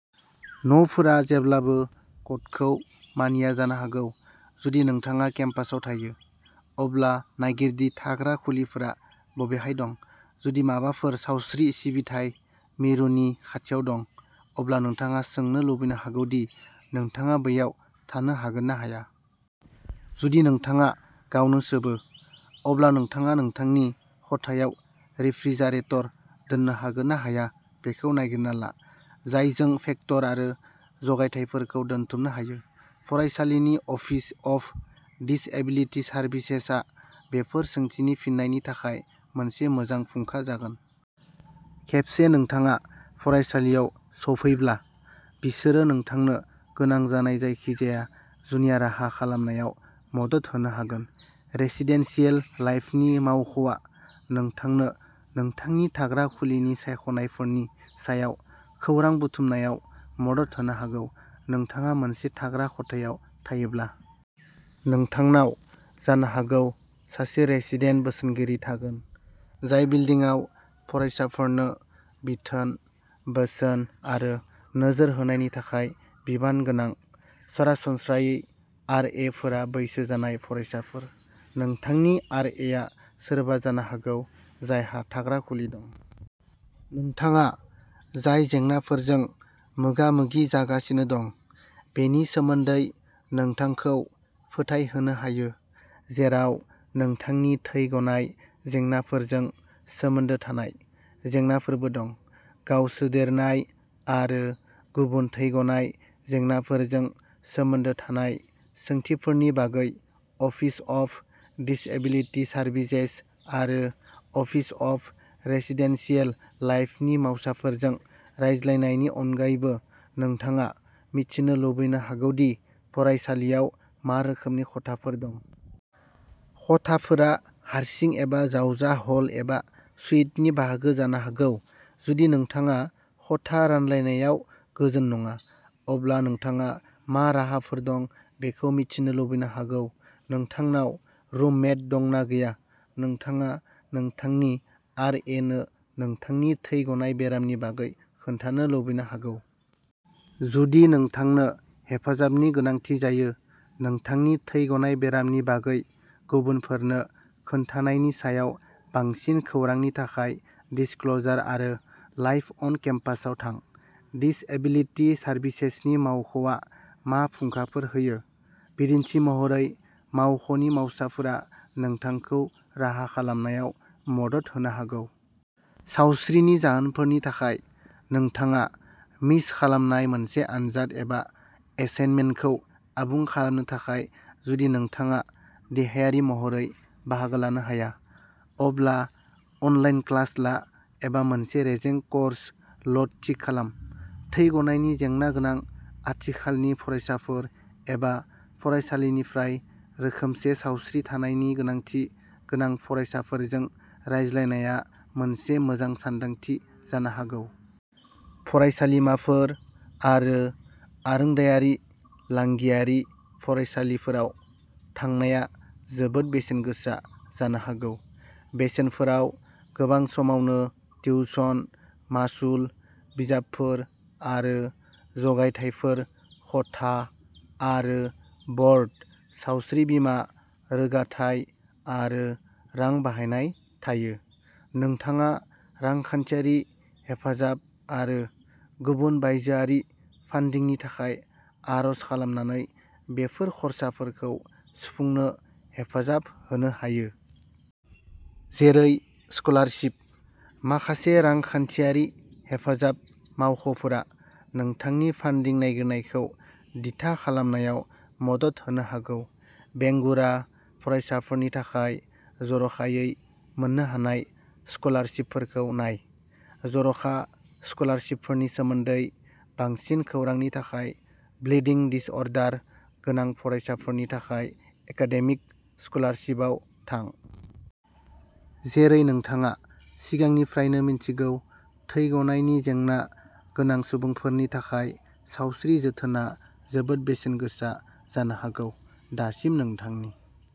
न'फोरा जेब्लाबो क'डखौ मानिया जानो हागौ। जुदि नोंथाङा केम्पासआव थायो। अब्ला नागिर दि थाग्रा खुलिफोरा बबेहाय दं। जुदि माबाफोर सावस्रि सिबिथाइ मिरुनि खाथियाव दं। अब्ला नोंथाङा सोंनो लुबैनो हागौ दि नोंथाङा बैयाव थानो हागोन ना हाया। जुदि नोंथाङा गावनो सोबो। अब्ला नोंथाङा नोंथांनि खथायाव रेफ्रिजारेटर दोननो हागोन ना हाया बेखौ नागिरना ला। जायजों फैक्टर आरो जगायथायफोरखौ दोनथुमनो हायो। फरायसालिनि अफिस अफ दिसएबिलिटि सारभिसेसआ बेफोर सोंथिनि फिनायनि थाखाय मोनसे मोजां फुंखा जागोन। खेबसे नोंथाङा फरायसालियाव सौफैब्ला। बिसोरो नोंथांनो गोनां जानाय जायखिजाया जुनिया राहा खालामनायाव मदद होनो हागोन। रेसिदेनसियेल लाइफनि मावख'आ नोंथांनो नोंथांनि थाग्रा खुलिनि सायख'नायफोरनि सायाव खौरां बुथुमनायाव मदद होनो हागौ। नोंथाङा मोनसे थाग्रा खथायाव थायोब्ला। नोंथांनाव जानो हागौ सासे रेसिदेन्ट बोसोनगिरि थागोन। जाय बिल्डिंआव फरायसाफोरनो बिथोन। बोसोन आरो नोजोर होनायनि थाखाय बिबान गोनां। सरासनस्रायै आर ए फोरा बैसो जानाय फरायसाफोर। नोंथांनि आर ए आ सोरबा जानो हागौ जायहा थाग्रा खुलि दं। नोंथाङा जाय जेंनाफोरजों मोगा-मोगि जागासिनो दं। बेनि सोमोन्दै नोंथांखौ फोथायहोनो हायो। जेराव नोंथांनि थै गनाय जेंनाफोरजों सोमोन्दो थानाय जेंनाफोरबो दं। गाव सोदेरनाय आरो गुबुन थै गनाय जेंनाफोरजों सोमोन्दो थानाय सोंथिफोरनि बागै अफिस अफ दिसएबिलिटि सारभिसेस आरो अफिस अफ रेसिडेनसियेल लाइफनि मावसाफोरजों रायज्लायनायनि अनगायैबो नोंथाङा मिथिनो लुबैनो हागौ दि फरायसालियाव मा रोखोमनि खथाफोर दं। खथाफोरा हारसिं एबा जावजा हल एबा सुइटनि बाहागो जानो हागौ। जुदि नोंथाङा खथा रानलायनायाव गोजोन नङा। अब्ला नोंथाङा मा राहाफोर दं बेखौ मिथिनो लुबैनो हागौ। नोंथांनाव रुममेट दं ना गैया। नोंथाङा नोंथांनि आर ए नो नोंथांनि थै गनाय बेरामनि बागै खोन्थानो लुबैनो हागौ। जुदि नोंथांनो हेफाजाबनि गोनांथि जायो। नोंथांनि थै गनाय बेरामनि बागै गुबुनफोरनो खोन्थानायनि सायाव बांसिन खौरांनि थाखाय दिसक्ल'जार आरो लाइफ अन केम्पासाव थां। दिसएबिलिटि सारभिसेसनि मावख'आ मा फुंखाफोर होयो? बिदिन्थि महरै मावख'नि मावसाफोरा नोंथांखौ राहा खालामनायाव मदद होनो हागौ। सावस्रिनि जाहोनफोरनि थाखाय नोंथाङा मिस खालामनाय मोनसे आनजाद एबा एसाइनमेन्टखौ आबुं खालामनो थाखाय जुदि नोंथाङा देहायारि महरै बाहागो लानो हाया। अब्ला अनलाइन क्लास ला एबा मोनसे रेजें कर्स लोड थि खालाम। थै गनायनि जेंना गोनां आथिखालनि फरायसाफोर एबा फरायसालिनिफ्राय रोखोमसे सावस्रि थानायनि गोनांथि गोनां फरायसाफोरजों रायज्लायनाया मोनसे मोजां सानदांथि जानो हागौ। फरायसालिमाफोर आरो आरोंदायारि लांगियारि फरायसालिफोराव थांनाया जोबोद बेसेन गोसा जानो हागौ। बेसेनफोराव गोबां समावनो टिउशन, मासुल, बिजाबफोर आरो जगायथायफोर, खथा आरो बर्ड, सावस्रि बीमा, रोगाथाय आरो रां बाहायनाय थायो। नोंथाङा रांखान्थियारि हेफाजाब आरो गुबुन बायजोआरि फानडिंनि थाखाय आर'ज खालामनानै बेफोर खरसाफोरखौ सुफुंनो हेफाजाब होनो हायो। जेरै स्कलारशिप। माखासे रांखान्थियारि हेफाजाब मावख'फोरा नोंथांनि फानडिं नागिरनायखौ दिथा खालामनायाव मदद होनो हागौ। बेंगुरा फरायसाफोरनि थाखाय जर'खायै मोन्नो हानाय स्कलारशिपफोरखौ नाय। जर'खा स्कलारशिपफोरनि सोमोन्दै बांसिन खौरांनि थाखाय ब्लिडिं डिसअर्डार गोनां फरायसाफोरनि थाखाय एकाडेमिक स्कलारशिपआव थां। जेरै नोंथाङा सिगांनिफ्रायनो मिन्थिगौ। थै गनायनि जेंना गोनां सुबुंफोरनि थाखाय सावस्रि जोथोनआ जोबोद बेसेन गोसा जानो हागौ। दासिम नोंथांनि